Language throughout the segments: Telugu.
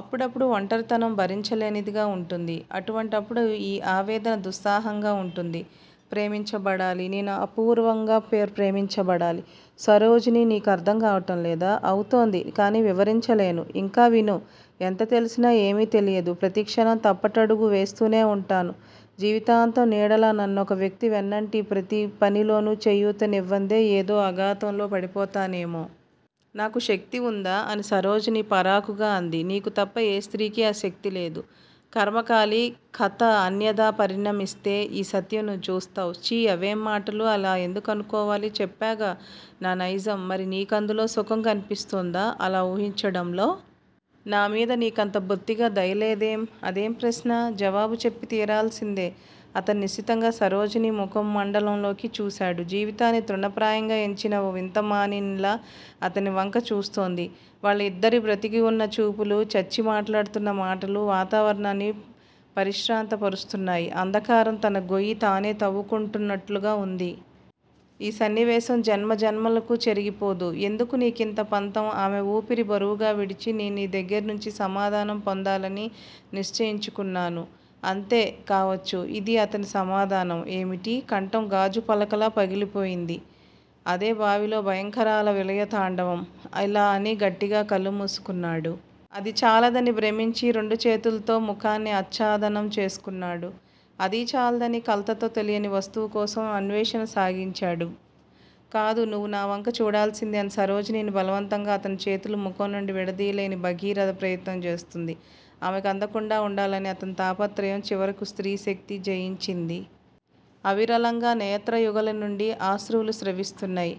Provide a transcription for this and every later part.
అప్పుడప్పుడూ ఒంటరితనం భరించలేనిదిగా వుంటుంది. అటువంటప్పుడు ఈ ఆవేదన దుస్సాహంగా వుంటుంది. ప్రేమించబడాలి. నేను అపూర్వంగా ప్రేమించబడాలి. సరోజినీ నీకర్ధం కావటంలేదా? అవుతోంది. కానీ వివరించలేను. ఇంకావిను. ఎంత తెలిసినా ఏమీ తెలియదు. ప్రతిక్షణం తప్పటడుగు వేస్తూనే వుంటాను. జీవితాంతం నీడలా నన్నొక వ్యక్తి వెన్నంటి ప్రతిపనిలోనూ చేయూతనివ్వందే ఏదో అఘాతంలో పడిపోతానేమో. నాకా శక్తి వుందా? అని సరోజిని పరాకుగా అంది. నీకు తప్ప ఏ స్త్రీకీ ఆ శక్తి లేదు. ఖర్మ కాలి కథ అన్యధా పరిణమిస్తే యీ సత్యం నువ్వు చూస్తావు. ఛీ, అవేం మాటలు? అలా ఎందుకనుకోవాలి? చెప్పాగా నా నైజం. మరి నీకందులో సుఖం కనిపిస్తోందా-అలా ఊహించడంలో? నామీద నీకంత బొత్తిగా దయలేదేం? అదేం ప్రశ్న? జవాబు చెప్పి తీరాల్సిందే! అతను నిశితంగా సరోజిని ముఖ మండలంలోకి చూశాడు. జీవితాన్ని తృణప్రాయంగా ఎంచిన ఓ వింతమానినిలా అతనివంక చూస్తోంది. వాళ్ళ యిద్దరి బ్రతికివున్న చూపులూ, చచ్చి మాట్లాడుతున్న మాటలూ వాతావరణాన్ని పరిశ్రాంత పరుస్తున్నాయి. అంధకారం తన గొయ్యి తానే తవ్వుకుంటున్నట్లుగా వుంది. ఈ సన్నివేశం జన్మజన్మలకూ చెరిగిపోదు. ఎందుకు నీకింత పంతం? ఆమె ఊపిరి బరువుగా విడిచి 'నేను నీ దగ్గర్నుంచి సమాధానం పొందాలని నిశ్చయించుకున్నాను. అంతే. కావచ్చు యిది అతని సమాధానం. ఏమిటి? కంఠం గాజుపలకలా పగిలిపోయింది. అదే భావిలో భయంకరాల విలయ తాండవం. ఇలా అని గట్టిగా కళ్ళు మూసుకున్నాడు. అది చాలదని భ్రమించి, రెండు చేతుల్తోనూ ముఖాన్ని ఆచ్చాదనం చేసుకున్నాడు. అదీ చాలదని కలతతో తెలియని వస్తువుకోసం అన్వేషణ సాగించాడు. 'కాదు! నువ్వు నావంక చూడాల్సిందే' అని సరోజిని బలవంతముగా అతనిచేతులు ముఖంనుండి విడదియ్యాలని భగీరథ ప్రయత్నం చేస్తోంది. ఆమెకు అందకుండా వుండాలని అతని తాపత్రయం చివరకు స్త్రీ శక్తి జయించింది. అవిరళంగా నేత్ర యుగళినుండి అశ్రువులు స్రవిస్తున్నాయి.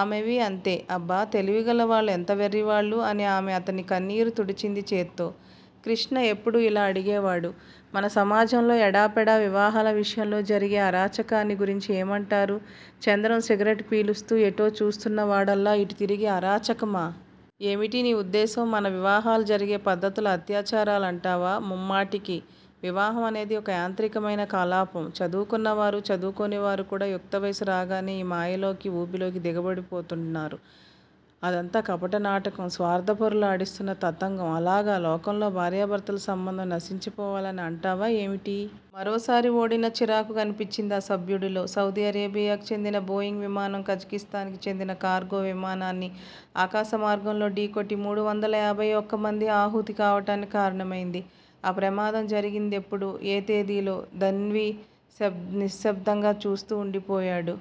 ఆమెవీ అంతే. 'అబ్బ! తెలివిగలవాళ్ళు ఎంత వెర్రివాళ్ళు? ' అని ఆమె అతని కన్నీరు తుడిచింది చేత్తో. కృష్ణ ఎప్పుడూ యిలా అడిగేవాడు. మన సమాజంలో ఎడాపెడా వివాహాల విషయంలో జరిగే అరాచకాన్ని గురించి ఏమంటారు? చంద్రం సిగరెట్ పీలుస్తూ ఎటో చూస్తున్న వాడల్లా యిటుతిరిగి అరాచకమా? ఏమిటి నీ ఉద్దేశ్యం? మన వివాహాలు జరిగే పద్దతులు అత్యాచారాలు అంటావా? ముమ్మాటికీ! వివాహం అనేది ఓ యాంత్రికమైన కలాపం. చదువుకున్న వారు, చదువుకోనివారుకూడా యుక్తవయస్సు రాగానే ఈ మాయలోకి, ఊబిలోకి దిగబడిపోతున్నారు. అదంతా కపటనాటకం, స్వార్ధపరులు ఆడిస్తున్న తతంగం. అలాగా? లోకంలో భార్యాభర్తల సంబంధం నశించిపోవాలని అంటావా ఏమిటి? మరోసారి ఓడిన చిరాకు కనిపించింది ఆ సభ్యుడిలో. సౌదీఅరేబియాకి చెందిన బోయింగ్ విమానం కజకిస్తాన్ కి చెందిన కార్గో విమానాన్ని ఆకాశ మార్గంలో డీకొట్టి మూడువందల ఏబై ఒక్క మంది ఆహుతి కావటానికి కారణమైంది, ఆ ప్రమాదం జరిగిందెప్పుడు, ఏ తేదిలో? ధన్వి నిశ్శబ్దంగా చూస్తూ వుండిపోయాడు.